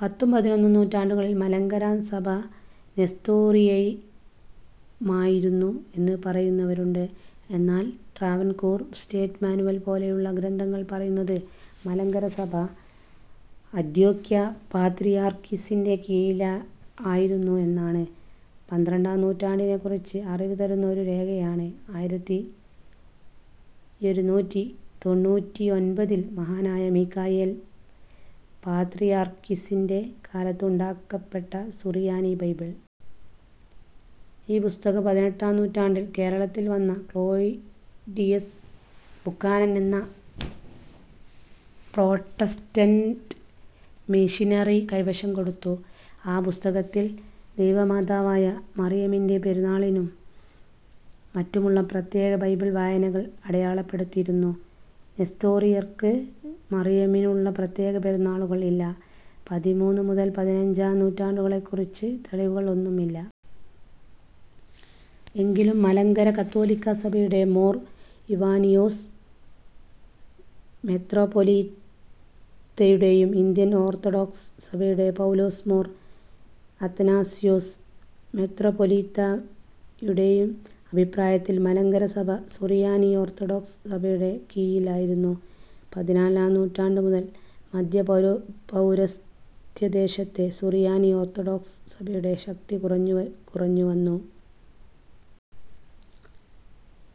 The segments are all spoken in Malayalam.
പത്തും പതിനൊന്നും നൂറ്റാണ്ടുകളിൽ മലങ്കര സഭ നെസ്തോറിയമായിരുന്നു എന്ന് പറയുന്നവരുണ്ട്. എന്നാൽ ട്രാവൻകൂർ സ്റ്റേറ്റ് മാനുവൽ പോലെയുള്ള ഗ്രന്ഥങ്ങൾ പറയുന്നത് മലങ്കര സഭ അന്ത്യോക്യ പാത്രിയാർക്കീസിൻ്റെ കീഴിൽ ആയിരുന്നു എന്നാണ്. പന്ത്രണ്ടാം നൂറ്റാണ്ടിനേക്കുറിച്ച് അറിവ് തരുന്ന ഒരു രേഖയാണ് ആയിരത്തിയൊരുനൂറ്റിത്തൊണ്ണൂറ്റിയൊൻപതിൽ മഹാനായ മിഖായേൽ പാത്രിയാർക്കിസിൻ്റെ കാലത്ത് ഉണ്ടാക്കപ്പെട്ട സുറിയാനി ബൈബിൾ. ഈ പുസ്തകം പതിനെട്ടാം നൂറ്റാണ്ടിൽ കേരളത്തിൽ വന്ന ക്ലോഡിയസ് ബുക്കാനൻ എന്ന പ്രൊട്ടസ്റ്റൻ്റ് മിഷനറി കൈവശം കൊടുത്തു. ആ പുസ്തകത്തിൽ ദൈവമാതാവായ മറിയമിൻ്റെ പെരുന്നാളിനും മറ്റുമുള്ള പ്രത്യേക ബൈബിൾ വായനകൾ അടയാളപ്പെടുത്തിയിരുന്നു. നെസ്തോറിയർക്ക് മറിയമിനുള്ള പ്രത്യേക പെരുന്നാളുകൾ ഇല്ല. പതിമൂന്ന് മുതൽ പതിനഞ്ചാം നൂറ്റാണ്ടുകളെക്കുറിച്ച് തെളിവുകൾ ഒന്നും ഇല്ല. എങ്കിലും മലങ്കര കത്തോലിക്ക സഭയുടെ മോർ ഈവാനിയോസ് മെത്രാപ്പൊലീത്തയുടേയും ഇന്ത്യൻ ഓർത്തഡോക്സ് സഭയുടെ പൗലോസ് മോർ അത്തനാസ്യോസ് മെത്രാപ്പൊലീത്തയുടേയും അഭിപ്രായത്തിൽ മലങ്കര സഭ സുറിയാനി ഓർത്തഡോക്സ് സഭയുടെ കീഴിൽ ആയിരുന്നു. പതിനാലാം നൂറ്റാണ്ട് മുതൽ, മദ്ധ്യ പൗരേ പൗരസ്ത്യദേശത്തെ സുറിയാനി ഓർത്തഡോക്സ് സഭയുടെ ശക്തി കുറഞ്ഞു കുറഞ്ഞു വന്നു.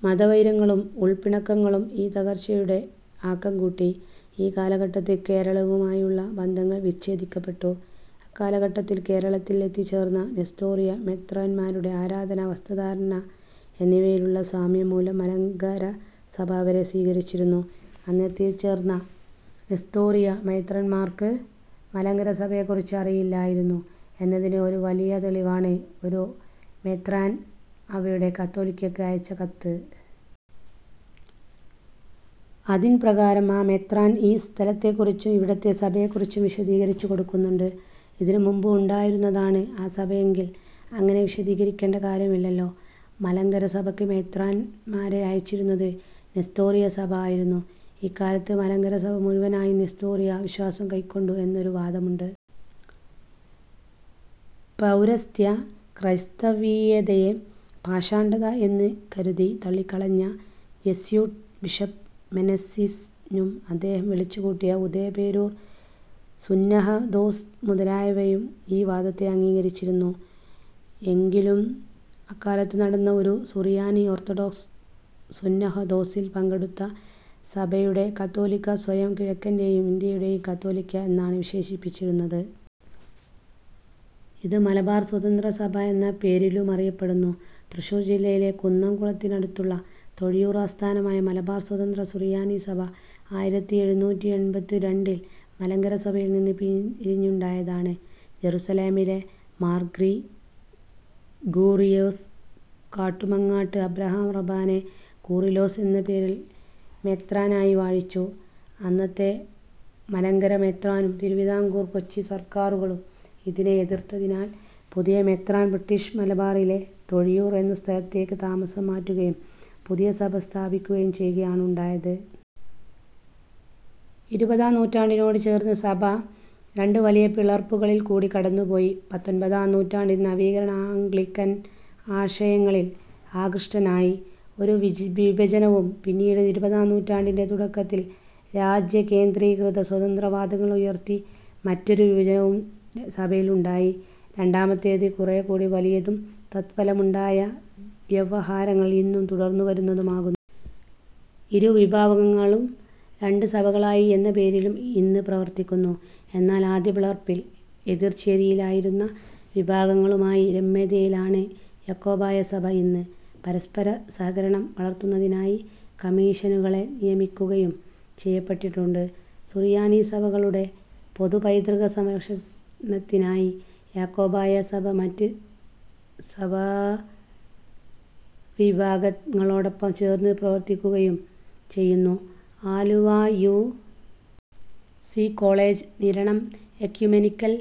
മതവൈരങ്ങളും ഉൾപ്പിണക്കങ്ങളും ഈ തകർച്ചയുടെ ആക്കം കൂട്ടി. ഈ കാലഘട്ടത്തിൽ കേരളവുമായുള്ള ബന്ധങ്ങൾ വിഛേദിക്കപ്പെട്ടു. അക്കാലഘട്ടത്തിൽ കേരളത്തിൽ എത്തിച്ചേർന്ന നെസ്തോറിയ മെത്രാന്മാരുടെ ആരാധനാ വസ്ത്രധാരണ എന്നിവയിലുള്ള സാമ്യം മൂലം മലങ്കര സഭ അവരെ സ്വീകരിച്ചിരുന്നു. അന്നെത്തിച്ചേർന്ന നെസ്തോറിയ മെത്രാന്മാർക്ക് മലങ്കര സഭയെക്കുറിച്ച് അറിയില്ലായിരുന്നു എന്നതിന് ഒരു വലിയ തെളിവാണ് ഒരു മെത്രാൻ അവരുടെ കാതോലിക്കക്ക് അയച്ച കത്ത്. അതിൻപ്രകാരം ആ മെത്രാൻ ഈ സ്ഥലത്തേക്കുറിച്ചും ഇവിടത്തെ സഭയെക്കുറിച്ചും കൊടുക്കുന്നുണ്ട്. ഇതിന് മുൻപ് ഇവിടെ ഉണ്ടായിരുന്നതാണ് ആ സഭയെങ്കിൽ അങ്ങനെ വിശദീകരിക്കേണ്ട കാര്യം ഇല്ലല്ലൊ. മലങ്കര സഭക്ക് മെത്രാന്മാരെ അയച്ചിരുന്നത് നെസ്തോറിയ സഭ ആയിരുന്നു. ഇക്കാലത്ത് മലങ്കര സഭ മുഴുവനായും നെസ്തോറിയ വിശ്വാസം കൈക്കൊണ്ടു എന്നൊരു വാദം ഉണ്ട്. പൗരസ്ത്യ ക്രൈസ്തവീയതയെ പാഷാണ്ഡത എന്ന് കരുതി തള്ളിക്കളഞ്ഞ ജെസ്യൂട്ട് ബിഷപ്പ് മെനസിസ്നും അദ്ദേഹം വിളിച്ചുകൂട്ടിയ ഉദയംപേരൂർ സുന്നഹദോസ് മുതലായവയും ഈ വാദത്തെ അംഗീകരിച്ചിരുന്നു. എകിലും അക്കാലത്ത് നടന്ന ഒരു സുറിയാനി ഓർത്തഡോക്സ് സുന്നഹദോസിൽ പങ്കെടുത്ത സഭയുടെ കാതോലിക്ക സ്വയം "കിഴക്കൻ്റെയും ഇന്ത്യയുടെയും കത്തോലിക്ക" എന്നാണ് വിശേഷിപ്പിച്ചിരിക്കുന്നത്. ഇത് മലബാർ സ്വതന്ത്ര സഭ എന്ന പേരിലുമറിയപ്പെടുന്നു. തൃശ്ശൂർ ജില്ലയിലെ കുന്നം കുളത്തിനടുത്തുള്ള തൊഴിയൂർ ആസ്ഥാനമായ മലബാർ സ്വതന്ത്ര സുറിയാനി സഭ ആയിരത്തിഎഴുന്നൂറ്റിഎൺപത്തിരണ്ടിൽ മലങ്കര സഭയിൽ നിന്ന് പിരിഞ്ഞുണ്ടായതാണ്. ജറുസലേമിലെ മാർ ഗ്രിഗോറിയോസ് കാട്ടുമങ്ങാട്ട് അബ്രഹാം റമ്പാനെ കൂറിലോസ് എന്ന പേരിൽ മെത്രാനായി വാഴിച്ചു. അന്നത്തെ മലങ്കര മെത്രാനും തിരുവിതാംകൂർ, കൊച്ചി സർക്കാരുകളും ഇതിനെ എതിർത്തതിനാൽ പുതിയ മെത്രാൻ ബ്രിട്ടീഷ് മലബാറിലെ തൊഴിയൂർ എന്ന സ്ഥലത്തേക്ക് താമസം മാറ്റുകയും പുതിയ സഭ സ്ഥാപിക്കുകയും ചെയ്യുകയാണ് ഉണ്ടായത്. ഇരുപതാം നൂറ്റാണ്ടിനോട് ചേർന്ന് സഭ രണ്ട് വലിയ പിളർപ്പുകളിൽ കൂടി കടന്ന് പോയി. പത്തൊൻപതാം നൂറ്റാണ്ടിൽ നവീകരണ ആംഗ്ലിക്കൻ ആശയങ്ങളിൽ ആകൃഷ്ടനായി ഒരു വിഭജനവും പിന്നീട് ഇരുപതാം നൂറ്റാണ്ടിൻ്റെ തുടക്കത്തിൽ രാജ്യകേന്ദ്രീകൃത സ്വാതന്ത്ര്യ വാദങ്ങൾ ഉയർത്തി മറ്റൊരു വിജി വിഭജനവും സഭയിൽ ഉണ്ടായി. രണ്ടാമത്തേത് കൂറെക്കൂടി വലിയതും തത്ഫലമായുണ്ടായ എവഹാരങ്ങൾ ഇന്നും തുടർന്നു വരുന്നതും ആകുന്നു. ഇരുവിഭാഗങ്ങളും രണ്ട് സഭകളായി എന്ന പേരിലും ഇന്ന് പ്രവർത്തിക്കുന്നു. എന്നാൽ ആദ്യ പിളർപ്പിൽ എതിർചേരിയിലായിരുന്ന വിഭാഗവുമായി രമ്യതയിലാണ് യാക്കോബായ സഭ ഇന്ന്. പരസ്പരസഹകരണം വളർത്തുന്നതിനായി കമ്മീഷനുകളെ നിയമിക്കുകയും ചെയ്യപ്പെട്ടിട്ടുണ്ട്. സുറിയാനി സഭകളുടെ പൊതുപൈതൃക സംരക്ഷണത്തിനായി യാക്കോബായ സഭ മറ്റ് സഭാവിഭാഗങ്ങളുമായി ചേർന്ന് പ്രവർത്തിക്കുകയും ചെയ്യുന്നു. Aluva U. C. College, Niranam ecumenical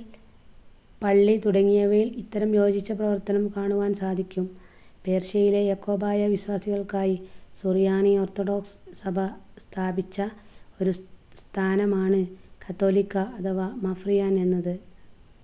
പള്ളി തുടങ്ങിയവയിൽ ഇത്തരം യോജിച്ച പ്രവർത്തനം കാണുവാൻ സാധിക്കും. പേർഷ്യയിലെ യാക്കോബായ വിശ്വാസികൾക്കായി സുറിയാനി ഓർത്തഡോക്സ് സഭ സ്ഥാപിച്ച ഒരു സ്ഥാനമാണ് കാതോലിക്ക അഥവാ മഫ്രിയാൻ എന്നത്.